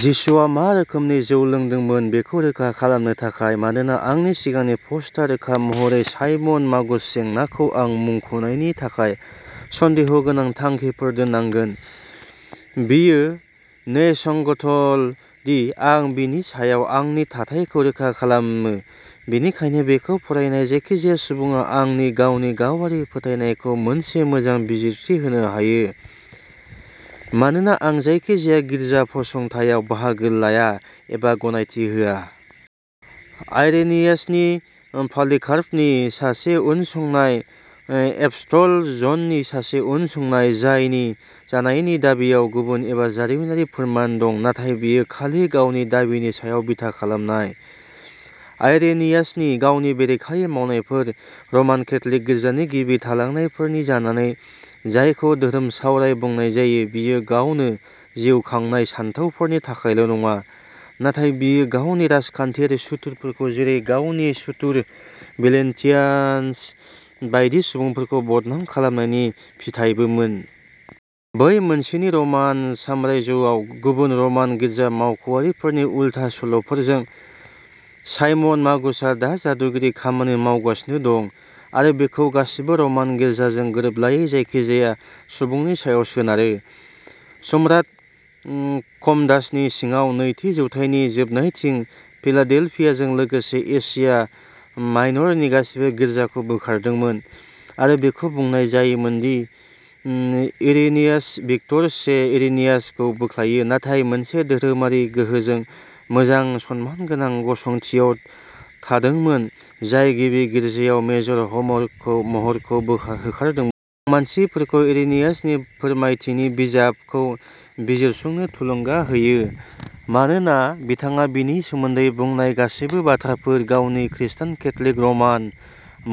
जिसुआ मा रोखोमनि जौ लोंदोंमोन? बेखौ रोखा खालामनो थाखाय, मानोना आंनि सिगांनि पस्टआ रोखा महरै साइमन मागुस जेंनाखौ आं मुंख'नायनि थाखाय सन्देहगोनां थांखिफोर दोननांगोन बेयो न्यायसंगतल'दि आं बेनि सायाव आंनि थाथायखौ रोखा खालामो, बेनिखायनो बेखौ फरायनाय जायखिजाया सुबुङा आंनि गावनि गावारि फोथायनायखौ मोनसे मोजां बिजिरथि होनो हायो, मानोना आं जायखिजाया गिर्जा फसंथायाव बाहागो लाया एबा गनायथि होआ। आइरेनियासनि पलिकार्पनि सासे उनसंनाय, एपस्टल जननि सासे उनसंनाय जायनि जानायनि दाबिआव गुन एबा जारिमिनारि फोरमान दं, नाथाय बेयो खालि गावनि दाबिनि सायाव बिथा खालामनाय। आइरेनियासनि गावनि बेरेखायै मावनायफोर, रमान केथ'लिक गिर्जानि गिबि थालांनायफोरनि जानानै जायखौ "धोरोमसावराय" बुंनाय जायो, बियो गावनो जिउ खांनाय सानथौफोरनि थाखायल' नङा; नाथाय बियो गावनि राजखान्थियारि सुथुरफोरखौ जेरै- गावनि सुथुर, भेलेन्टिनियास बायदि सुबुंफोरखौ बदनाम खालामनायनि फिथायबोमोन। बै मोनसेनि रमान साम्रायजोआव गुबुन रमान गिर्जा मावख'आरिफोरनि उल्था सल'फोरजों, साइमन मागुसआ दा जादुगिरि खामानि मावगासिनो दं आरो बेखौ गासिबो र'मान गिर्जाजों गोरोबलायै जायखिजाया सुबुंनि सायाव सोनारो। सम्राट अम कम'डासनि सिङाव नैथि जौथाइनि जोबनायथिं, फिलाडेल्फियाजों लोगोसे एशिया माइनरनि गासिबो गिर्जाखौ बोखारदोंमोन, आरो बेखौ बुंनाय जायोमोन दि अम इरेनियासआ भिक्टर से, इरेनियासखौ "बोख्लायो", नाथाय मोनसे धोरोमारि गोहोजों मोजां, सनमानगोनां गसंथियाव थादोंमोन, जाय गिबि गिर्जायाव मेजर हमरक महरखौ होखारदोंमोन। मानसिफोरखौ इरेनियासनि फोरमायथिनि बिजाबखौ बिजिरसंनो थुलुंगा होयो, मानोना बिथाङा बेनि सोमोन्दै बुंनाय गासैबो बाथ्राफोर, गावनि "खृष्टान केथ'लिक र'मान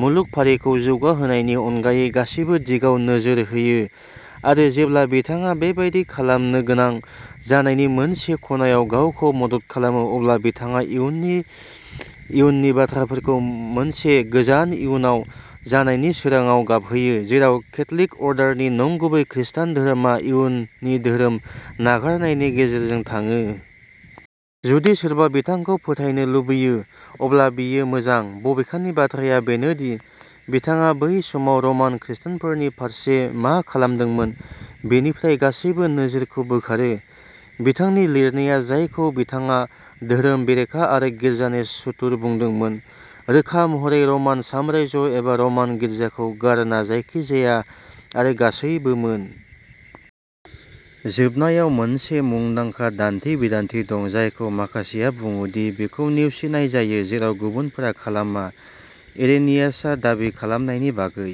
मुलुग फारिखौ जौगाहोनाय" नि अनगायै गासैबो दिगाव नोजोर होयो आरो जेब्ला बिथाङा बेबादि खालामनो गोनां जानायनि मोनसे खनायाव गावखौ मदद खालामो, अब्ला बिथाङा इयुननि इयुननि बाथ्राफोरखौ मोनसे गोजान इयुनाव जानायनि सोरांङाव गाबहोयो, जेराव कैथलिक अर्डारनि नंगुबै खृस्टान धोरोमा इयुननि धोरोम नागारनायनि गेजेरजों थाङो। जुदि सोरबा बिथांखौ फोथायनो लुबैयो, अब्ला बेयो मोजां। बबेखानि, बाथ्राया बेनो दि, बिथाङा बै समाव र'मआ खृस्टानफोरनि फारसे मा खालामदोंमोन बेनिफ्राय गासैबो नोजोरखौ बोखारो। बिथांनि लिरनाया जायखौ बिथाङा धोरोम बेरेखा आरो गिर्जानि सुथुर बुंदोंमोन, रोखा महरै रमान साम्रायजो एबा रमान गिर्जाखौ गारना जायखिजाया आरो गासैबोमोन। जोबनायाव, मोनसे मुंदांखा दान्थे-बिदान्थे दं जायखौ माखासेया बुङो दि बेखौ नेवसिनाय जायो जेराव गुबुनफोरा खालामा, इरेनियासआ दाबि खालामनायनि बागै।